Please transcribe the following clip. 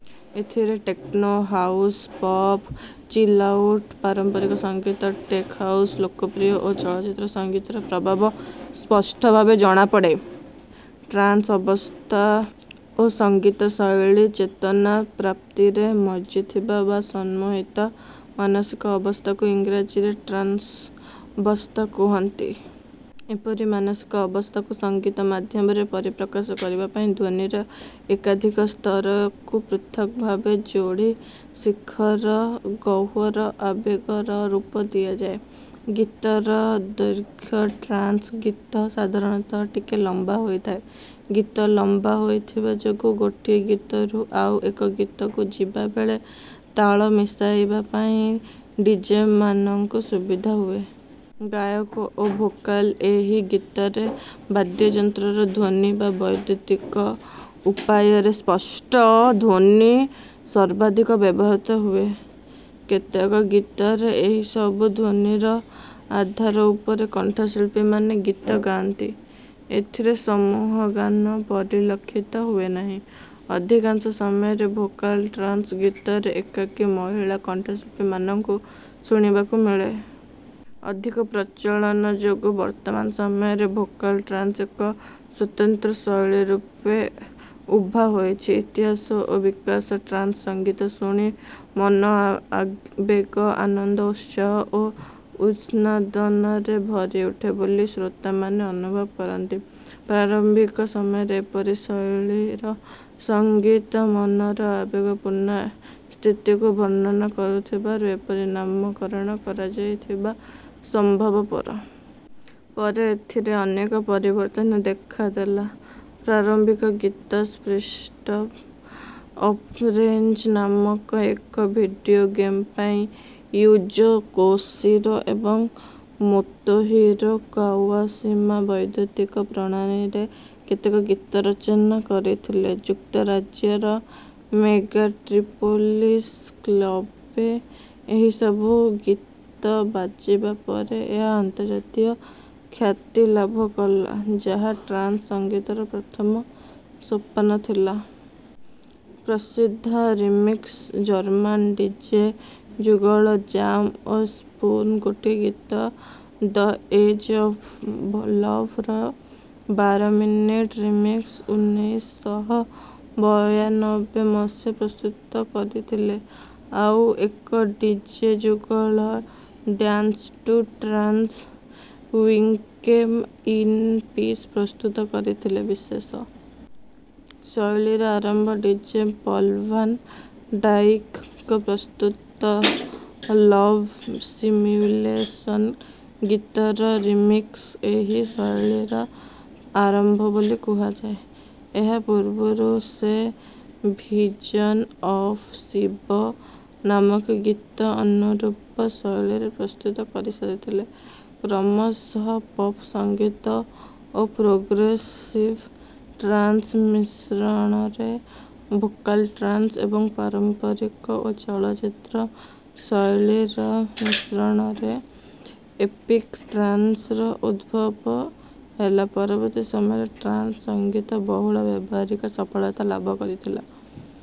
ଏଥିରେ techno, house, pop, chill out, ପାରମ୍ପରିକ ସଙ୍ଗୀତ, ଟେକ୍ ହାଉସ୍, ଲୋକପ୍ରିୟ ଓ ଚଳଚ୍ଚିତ୍ର ସଙ୍ଗୀତର ପ୍ରଭାବ ସ୍ପଷ୍ଟ ଭାବେ ଜଣାପଡ଼େ। ଟ୍ରାନ୍ସ୍ ଅବସ୍ଥା ଓ ସଙ୍ଗୀତ ଶୈଳୀ ଚେତନା ପ୍ରାପ୍ତିରେ ମଜ୍ଜିଥିବା ବା ସମ୍ମୋହିତ ମାନସିକ ଅବସ୍ଥାକୁ ଇଂରାଜୀରେ ଟ୍ରାନ୍ସ୍ଅ ବସ୍ଥା କୁହନ୍ତି। ଏପରି ମାନସିକ ଅବସ୍ଥାକୁ ସଙ୍ଗୀତ ମାଧ୍ୟମରେ ପରିପ୍ରକାଶ କରିବା ପାଇଁ ଧ୍ୱନିର ଏକାଧିକ ସ୍ତରକୁ ପୃଥକ୍ ଭାବେ ଯୋଡ଼ି ଶିଖର ଗହ୍ୱର ଆବେଗର ରୂପ ଦିଆଯାଏ। ଗୀତର ଦୈର୍ଘ୍ୟ ଟ୍ରାନ୍ସ୍ ଗୀତ ସାଧାରଣତଃ ଟିକେ ଲମ୍ବା ହୋଇଥାଏ। ଗୀତ ଲମ୍ବା ହୋଇଥିବା ଯୋଗୁଁ ଗୋଟିଏ ଗୀତରୁ ଆଉ ଏକ ଗୀତକୁ ଯିବା ବେଳେ ତାଳ ମିଶାଇବା ପାଇଁ ଡିଜେ ମାନଙ୍କୁ ସୁବିଧା ହୁଏ। ଗାୟକ ଓ ଭୋକାଲ୍ ଏହି ଗୀତରେ ବାଦ୍ୟଯନ୍ତ୍ରର ଧ୍ୱନି ବା ବୈଦୁତିକ ଉପାୟରେ ସ୍ପଷ୍ଟ ଧ୍ୱନି ସର୍ବାଧିକ ବ୍ୟବହୃତ ହୁଏ। କେତେକ ଗୀତରେ ଏହି ସବୁ ଧ୍ୱନିର ଆଧାର ଉପରେ କଣ୍ଠଶିଳ୍ପୀମାନେ ଗୀତ ଗାଆନ୍ତି। ଏଥିରେ ସମୂହଗାନ ପରିଲକ୍ଷିତ ହୁଏନାହିଁ। ଅଧିକାଂଶ ସମୟରେ ଭୋକାଲ୍ ଟ୍ରାନ୍ସ୍ ଗୀତରେ ଏକାକୀ ମହିଳା କଣ୍ଠଶିଳ୍ପୀମାନଙ୍କୁ ଶୁଣିବାକୁ ମିଳେ। ଅଧିକ ପ୍ରଚଳନ ଯୋଗୁଁ ବର୍ତ୍ତମାନ ସମୟରେ ଭୋକାଲ୍ ଟ୍ରାନ୍ସ୍ ଏକ ସ୍ୱତନ୍ତ୍ର ଶୈଳୀ ରୂପେ ଉଭା ହୋଇଛି। ଇତିହାସ ଓ ବିକାଶ ଟ୍ରାନ୍ସ୍ ସଙ୍ଗୀତ ଶୁଣି ମନ ଆ ଆ ଆବେଗ, ଆନନ୍ଦ, ଉତ୍ସାହ ଓ ଉନ୍ମାଦନାରେ ଭରି ଉଠେ ବୋଲି ଶ୍ରୋତାମାନେ ଅନୁଭବ କରନ୍ତି। ପ୍ରାରମ୍ଭିକ ସମୟରେ ଏପରି ଶୈଳୀର ସଙ୍ଗୀତ ମନର ଆବେଗପୂର୍ଣ୍ଣ ସ୍ଥିତିକୁ ବର୍ଣ୍ଣନା କରୁଥିବାରୁ ଏପରି ନାମକରଣ କରାଯାଇଥିବା ସମ୍ଭବପର। ପରେ ଏଥିରେ ଅନେକ ପରିବର୍ତ୍ତନ ଦେଖାଦେଲା। ପ୍ରାରମ୍ଭିକ ଗୀତ ଷ୍ଟ୍ରିଟ୍ସ୍ ଅଫ୍ ରେଜ୍ ନାମକ ଏକ ଭିଡ଼ିଓ ଗେମ୍ ପାଇଁ ୟୁଜୋ କୋଶିରୋ ଏବଂ ମୋତୋହିରୋ କାୱାଶିମା ବୈଦୁତିକ ପ୍ରଣାଳୀରେ କେତେକ ଗୀତ ରଚନା କରିଥିଲେ। ଯୁକ୍ତରାଜ୍ୟର ମେଗାଟ୍ରିପୋଲିସ୍ କ୍ଲବ୍ରେ ଏହି ସବୁ ଗୀତ ବାଜିବା ପରେ ଏହା ଅନ୍ତର୍ଜାତୀୟ ଖ୍ୟାତି ଲାଭ କଲା, ଯାହା ଟ୍ରାନ୍ସ୍ ସଙ୍ଗୀତର ପ୍ରଥମ ସୋପାନ ଥିଲା। ପ୍ରସିଦ୍ଧ ରିମିକ୍ସ ଜର୍ମାନ୍ ଡିଜେ ଯୁଗଳ ଜାମ୍ ଓ ସ୍ପୁନ୍ ଗୋଟିଏ ଗୀତ ଦ ଏଜ୍ ଅଫ୍ ଲଭ୍ ର ବାର ମିନିଟିଆ ରିମିକ୍ସ୍ ଉନେଇଶ ଶହ ବୟାନବେ ମସିହାରେ ପ୍ରସ୍ତୁତ କରିଥିଲେ। ଆଉ ଏକ ଡିଜେ ଯୁଗଳ dance to trance we came in peace ପ୍ରସ୍ତୁତ କରିଥିଲେ। ବିଶେଷ ଶୈଳୀର ଆରମ୍ଭ ଡିଜେ ପଲ୍ ଭାନ୍ ଡାଇକ୍‌ଙ୍କ ପ୍ରସ୍ତୁତ ଲଭ୍ ସିମ୍ୟୁଲେସନ୍ ଗୀତର ରିମିକ୍ସ୍ଏହି ଶୈଳୀର ଆରମ୍ଭ ବୋଲି କୁହାଯାଏ। ଏହା ପୂର୍ବରୁ ସେ ଭିଜନ୍ ଅଫ୍ ଶିବ ନାମକ ଗୀତ ଅନୁରୂପ ଶୈଳୀରେ ପ୍ରସ୍ତୁତ କରିସାରିଥିଲେ। କ୍ରମଶଃ ପପ୍ ସଙ୍ଗୀତ ଓ ପ୍ରୋଗ୍ରେସିଭ୍ ଟ୍ରାନ୍ସ୍ର ମିଶ୍ରଣରେ ଭୋକାଲ୍ ଟ୍ରାନ୍ସ୍ ଏବଂ ପାରମ୍ପରିକ ଓ ଚଳଚ୍ଚିତ୍ର ଶୈଳୀର ମିଶ୍ରଣରେ ଏପିକ୍ ଟ୍ରାନ୍ସ୍ ର ଉଦ୍ଭବ ହେଲା। ପରବର୍ତ୍ତୀ ସମୟରେ ଟ୍ରାନ୍ସ୍ ସଙ୍ଗୀତ ବହୁଳ ବ୍ୟାବହାରିକ ସଫଳତା ଲାଭ କରିଥିଲା।